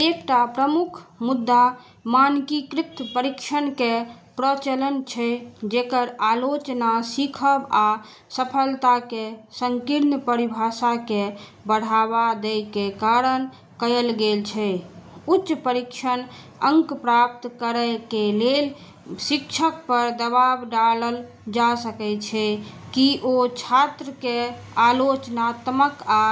एकटा प्रमुख मुद्दा मानकीकृत परीक्षण के प्रचलन छै, जेकर आलोचना सीखब आ सफलता के संकीर्ण परिभाषा के बढ़ावा दै के कारण कयल गेल छै। उच्च परीक्षण अंक प्राप्त करय के लेल शिक्षक पर दबाव डालल जा सकै छै कि ओ छात्र के आलोचनात्मक आ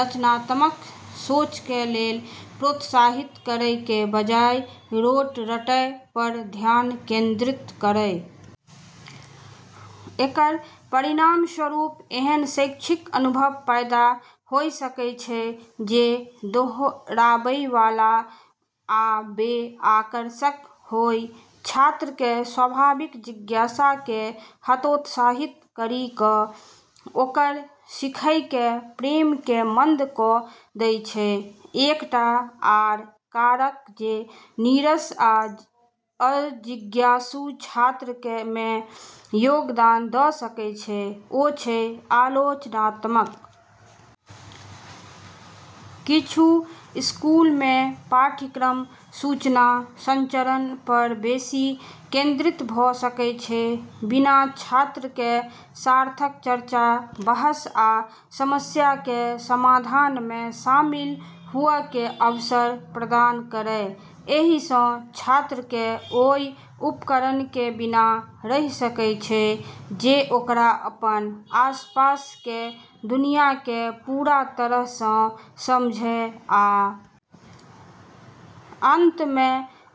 रचनात्मक सोच के लेल प्रोत्साहित करय के बजाय रोट रटय पर ध्यान केंद्रित करय। एकर परिणामस्वरूप एहन शैक्षिक अनुभव पैदा होय सकै छै जे दोहराबै वाला आ बे-आकर्षक होय, छात्र के स्वाभाविक जिज्ञासा के हतोत्साहित करी कऽ ओकर सीखै के प्रेम के मंद क' दै छै। एकटा आर कारक जे "नीरस आ अजिज्ञासु" छात्र मे योगदान दऽ सकै छै, ओ छै आलोचनात्मक सोच कौशल के विकास पर जोर नै देनाय। किछू स्कूल मे पाठ्यक्रम सूचना संचरण पर बेसि केंद्रित भऽ सकै छै, बिना छात्र के सार्थक चर्चा, बहस आ समस्या के समाधान मे शामिल हुअ के अवसर प्रदान करय। एहि सँ छात्र के ओय उपकरण के बिना रहि सकै छै जे ओकरा अपन आसपास के दुनिया के पूरा तरह सँ समझय आ ओकरा सं जुड़य के लेल आवश्यक छै। अंत मे,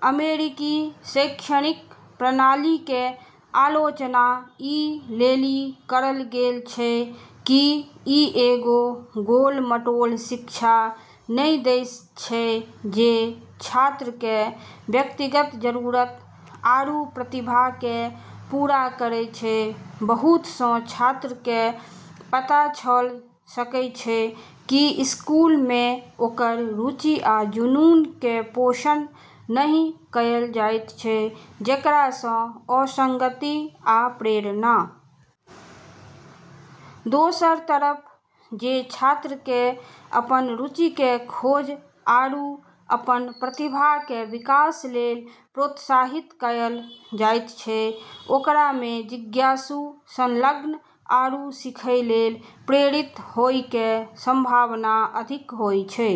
अमेरिकी शैक्षणिक प्रणाली के आलोचना ई लेली करल गेल छै कि ई एगो गोल-मटोल शिक्षा नै दै छै जे छात्र के व्यक्तिगत जरूरत आरू प्रतिभा के पूरा करै छै। बहुत सं छात्र के पता चल सकै छै कि स्कूल मे ओकर रुचि आ जुनून के पोषण नहि कएल जाइत छै, जेकरा सं असंगति आ प्रेरणा के कमी भऽ जाइत छै। दोसर तरफ, जे छात्र के अपन रुचि के खोज आरू अपन प्रतिभा के विकास लेल प्रोत्साहित कएल जाइत छै, ओकरा मे जिज्ञासु, संलग्न आरू सीखै लेल प्रेरित होय के संभावना अधिक होय छै।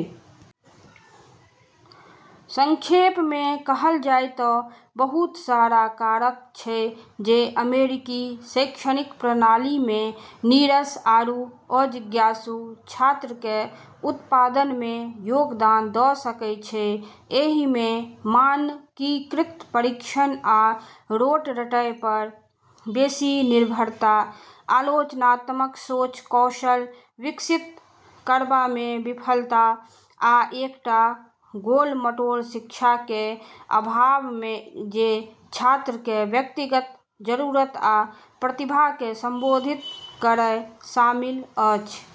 संक्षेप मे कहल जाय तऽ बहुत सारा कारक छै जे अमेरिकी शैक्षणिक प्रणाली मे "नीरस आरू अजिज्ञासु" छात्र के उत्पादन मे योगदान दऽ सकै छै। एहि मे मानकीकृत परीक्षण आ रोट रटय पर बेसि निर्भरता, आलोचनात्मक सोच कौशल विकसित करबा मे विफलता, आ एकटा गोल-मटोल शिक्षा के अभाव जे छात्र के व्यक्तिगत जरूरत आ प्रतिभा के संबोधित करय, शामिल अछि।